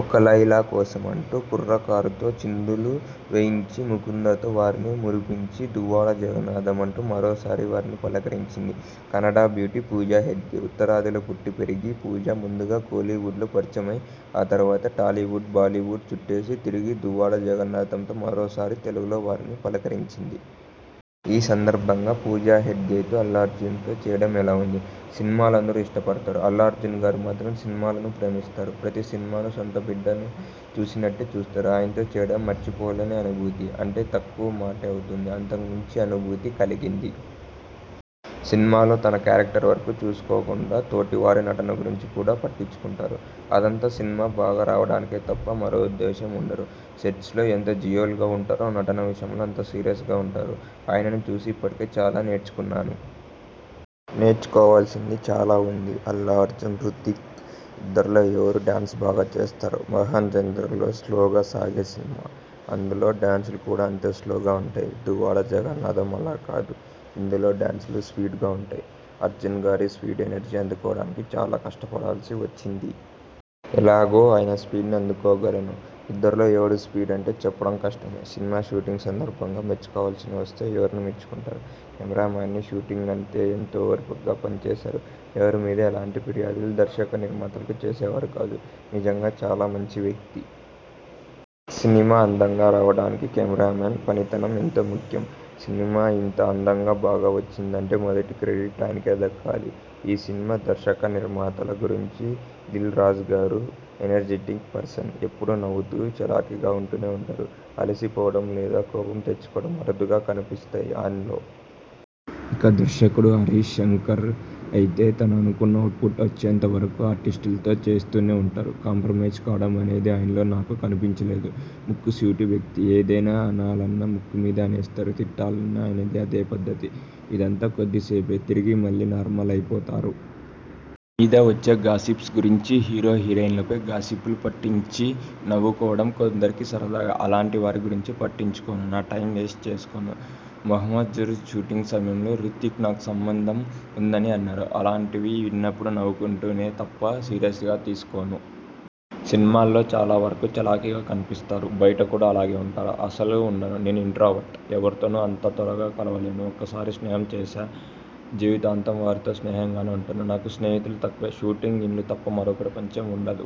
ఒక లైలా కోసం అంటూ కుర్రకారుతో చిందులు వేయించి, 'ముకుంద'తో వారిని మురిపించి 'దువ్వాడ జగన్నాథం' అంటూ మరోసారి వారిని పలకరించింది కన్నడ బ్యూటీ పూజా హెగ్డె. ఉత్తరాదిలో పుట్టి పెరిగిన పూజా ముందుగా కోలీవుడ్లో పరిచయమై, ఆ తర్వాత టాలీవుడ్, బాలీవుడ్లను చుట్టేసి తిరిగి 'దువ్వాడ జగన్నాథం'తో మరోసారి తెలుగు వారిని పలకరించింది. ఈ సందర్భంగా పూజా హెగ్డెతో- అల్లుఅర్జున్తో చేయడం ఎలా ఉంది? సినిమాలు అందరూ ఇష్టపడతారు. అల్లు అర్జున్గారు మాత్రం సినిమాలను ప్రేమిస్తారు. ప్రతి సినిమాను సొంత బిడ్డను చూసినట్టే చూస్తారు. ఆయనతో చేయడం మరిచిపోలేని అనుభూతి అంటే తక్కువ మాటే అవుతుంది. అంతకుమించి అనుభూతి కలిగింది. సినిమాలో తన క్యారక్టర్ వరకూ చూసుకోకుండా తోటి వారి నటన గురించి కూడా పట్టించుకుంటారు. అదంతా సినిమా బాగా రావడానికే తప్ప మరో ఉద్దేశం ఉండదు. సెట్లో ఎంత జోవియల్గా ఉంటారో, నటన విషయంలో అంత సీరియస్గా ఉంటారు. ఆయనను చూసి ఇప్పటికే చాలా నేర్చుకున్నాను. నేర్చుకోవలసింది చాలా ఉంది. అల్లు అర్జున్, హృతిక్ ఇద్దరిలో ఎవరు డ్యాన్స్ బాగా చేస్తారు? 'మొహంజదారో' స్లోగా సాగే సినిమా. అందులో డ్యాన్సులు కూడా అంతే స్లోగా ఉంటాయి. 'దువ్వాడ జగన్నాథం' అలా కాదు. ఇందులో డ్యాన్సులు స్పీడ్గా ఉంటాయి.. అర్జున్గారి స్పీడు, ఎనర్జీ అందుకోవడానికి చాలా కష్టపడాల్సి వచ్చింది. ఎలాగో ఆయన స్పీడును అందుకోగలిగాను. ఇద్దరిలో ఎవరు స్పీడు అంటే చెప్పడం కష్టమే! సినిమా షూటింగ్ సందర్భంగా మెచ్చుకోవలసి వస్తే ఎవరిని మెచ్చుకుంటారు? కెమెరామెన్ని. షూటింగ్ అంతా ఎంతో ఓర్పుగా పనిచేసేవారు. ఎవరిమీదా ఎలాంటి ఫిర్యాదులు దర్శకనిర్మాతలకు చేసేవారు కాదు. నిజంగా చాలా మంచి వ్యక్తి. సినిమా అందంగా రావడానికి కెమెరామెన్ పనితనం ఎంతో ముఖ్యం. సినిమా ఇంత అందంగా, బాగా వచ్చింది అంటే మొదటి క్రెడిట్ ఆయనకే దక్కాలి. ఈ సినిమా దర్శకనిర్మాతల గురించి దిల్రాజుగారు ఎనర్జిటిక్ పర్సన్. ఎప్పుడూ నవ్వుతూ, చలాకీగా ఉంటూనే ఉంటారు. అలసి పోవడం, లేదా కోపం తెచ్చుకోవడం అరుదుగా కనిపిస్తాయి ఆయనలో. ఇక దర్శకుడు హరీష్ శంకర్గారయితే తను అనుకున్న అవుట్పుట్ వచ్చేంత వరకూ ఆర్టిస్టులతో చేయిస్తూనే ఉంటారు. కాంప్రమైజ్ కావడం అనేది ఆయనలో నాకు కనిపించలేదు. ముక్కుసూటి వ్యక్తి. ఏదన్నా అనాలన్నా ముఖం మీదే అనేస్తారు. తిట్టాలన్నా ఆయనది అదే పద్ధతి. ఇదంతా కొద్దిసేపే. తిరిగి మళ్ళీ నార్మల్ అయిపోతారు. మీమీద వచ్చే గాసిప్స్ గురించి? హీరో హీరోయిన్లపై గాసిప్పులు పుట్టించి నవ్వుకోవడం కొందరికి సరదా. అలాంటి వారి గురించి పట్టించుకుని నా టైం వేస్ట్ చేసుకోను. 'మొహంజదారో' షూటింగ్ సమయంలో హృతిక్కీ నాకు సంబంధం ఉందని అన్నారు. అలాంటివి విన్నప్పుడు నవ్వుకుంటానే తప్ప సీరియస్గా తీసుకోను. సినిమాల్లో చాలా వరకూ చలాకీగా కనిపిస్తారు. బయట కూడా అలాగే ఉంటారా? అస్సలు ఉండను. నేను ఇంట్రావర్ట్ని. ఎవ్వరితోనూ అంత త్వరగా కలవలేను. ఒకసారి స్నేహం చేశానా? జీవితాంతం వారితో స్నేహంగానే ఉంటాను. నాకు స్నేహితులు తక్కువే! షూటింగ్, ఇల్లు తప్ప మరో ప్రపంచం ఉండదు.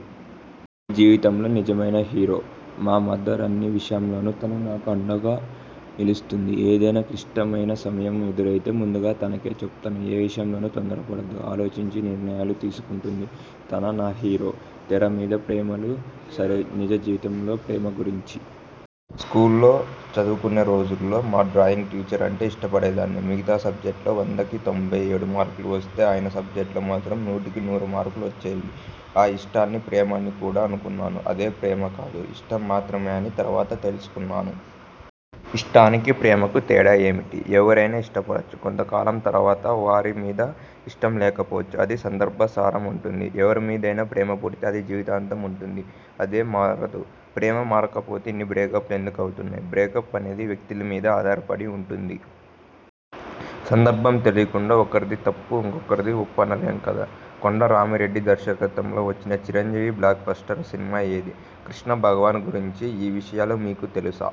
మీ జీవితంలో నిజమైన హీరో? మా మదర్. అన్ని విషయాల్లోనూ తను నాకు అండగా నిలుస్తుంది. ఏదైనా క్లిష్టమైన సమస్య ఎదురైతే ముందుగా తనకే చెబుతాను. ఏ విషయంలోనూ తొందరపడదు. ఆలోచించి నిర్ణయాలు తీసుకుంటుంది. తనే నా హీరో. తెర మీద ప్రేమలు సరే నిజజీవితంలోప్రేమ గురించి? స్కూల్లో చదువుకునే రోజుల్లో మా డ్రాయింగ్ టీచర్ అంటే ఇష్టపడేదాన్ని. మిగత సబ్జెక్టుల్లో వందకి తొంభై ఏడు మార్కులు వస్తే ఆయన సబ్జెక్టులో మాత్రం నూటికినూరు మార్కులు వచ్చేవి. ఆ ఇష్టాన్ని ప్రేమ అని కూడా అనుకున్నాను. అది ప్రేమ కాదు, ఇష్టం మాత్రమేనని తరువాత తెలుసుకున్నాను. ఇష్టానికీ, ప్రేమకూ తేడా ఏమిటి? ఎవరినైనా ఇష్టపడవచ్చు. కొంత కాలం తరువాత వారి మీద ఇష్టం లేకపోవచ్చు. అది సందర్భానుసారం ఉంటుంది. ఎవరిమీదనైనా ప్రేమ పుడితే అది జీవితాంతం ఉంటుంది. అది మారదు. ప్రేమ మారకపోతే ఇన్ని బ్రేకప్లు ఎందుకు అవుతున్నాయి? బ్రేకప్ అనేది వ్యక్తుల మీద ఆధారపడి ఉంటుంది. సందర్భం తెలియకుండా ఒకరిది తప్పు, ఒకరిది ఒప్పు అనలేం కదా? కోదండరామిరెడ్డి దర్వకత్వంలో వచ్చిన చిరంజీవి బ్లాక్ బస్టర్ సినిమా ఏది? కృష్ణభగవాన్ గురించి ఈ విషయాలు మీకు తెలుసా?